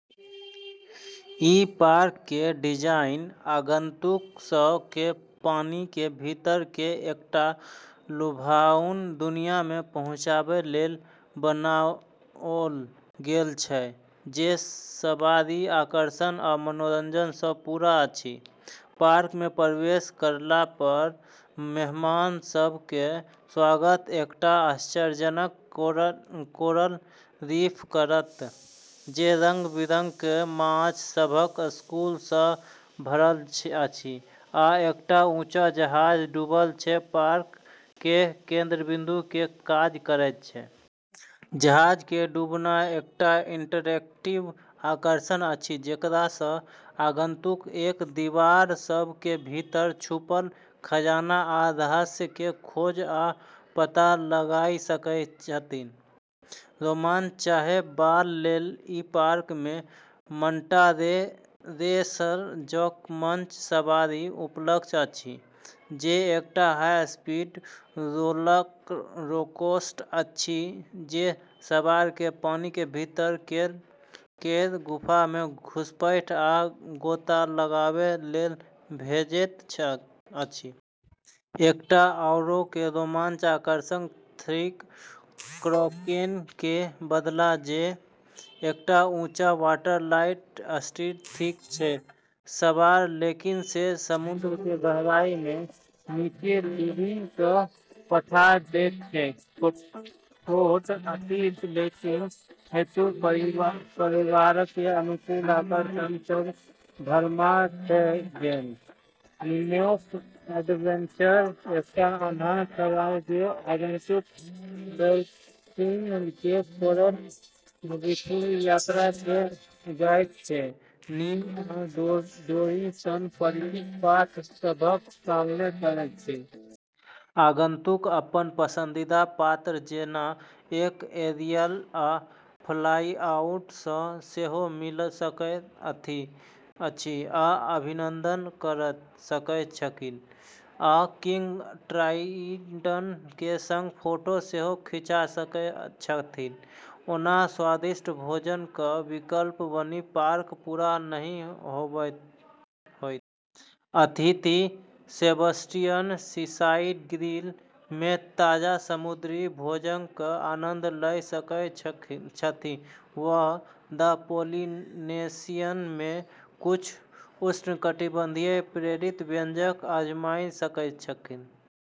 ई park केर design आगंतुक सभ केँ पानी के भीतर केर एकटा लुभाओन दुनिया मे पहुँचाबै लेल बनाओल गेल अछि, जे सवारी, आकर्षण, आ मनोरंजन सँ पूरा अछि। पार्क मे प्रवेश करला पर मेहमान सभ केर स्वागत एकटा आश्चर्यजनक कोरल रीफ करत, जे रंग-बिरंगक माछ सभक स्कूल सँ भरल अछि, आ एकटा ऊँच जहाज डूबल जे पार्क केर केंद्र बिन्दु केर काज करैत अछि। जहाज केर डूबना एकटा इंटरैक्टिव आकर्षण अछि जेकरा सँ आगंतुक एकर दीवार सभ के भीतर छुपल खजाना आ रहस्य केर खोज आ पता लगाइ सकैत छथि। रोमांच चाहै बला लेल ई पार्क मे "मंटा रे रेसर" जकाँ रोमांचक सवारी उपलब्ध अछि, जे एकटा हाई स्पीड रोलरकोस्टर अछि जे सवार केँ पानी के भीतर केर गुफा मे घुसपैठ आ गोता लगाबै लेल भेजैत अछि। एकटा आओर रोमांचक आकर्षण थिक "क्राकेन केर बदला", जे एकटा ऊँच वाटर स्लाइड थिक जे सवार लोकनि केँ समुद्रक गहराई मे नीचाँ डूबि कऽ पठा दैत छैक। छोट अतिथि लोकनि हेतु परिवारक अनुकूल आकर्षण सभक भरमार छैक जेना "नीमोक एडवेंचर", एकटा अन्हार सवारी जे आगंतुक लोकनि केँ कोरल रीफक यात्रा पर लऽ जाइत छैक, निमो आ डोरी सन परिचित पात्र सभक सामना करैत छैक। आगंतुक अपन पसंदीदा पात्र जेना कि एरियल आ फ्लाउंडर सँ सेहो मिलि सकैत छथि आ अभिवादन कऽ सकैत छथि, आ किंग ट्राइटन केर सँग फोटो सेहो खींचि सकैत छथि। ओना, स्वादिष्ट भोजनक विकल्पक बिना पार्क पूरा नहि होइत! अतिथि "सेबस्टियन सीसाइड ग्रिल" मे ताजा समुद्री भोजनक आनंद लऽ सकैत छथि वा "द पोलिनेशियन" मे किछु उष्णकटिबंधीय प्रेरित व्यंजन आजमाइ सकैत छथि।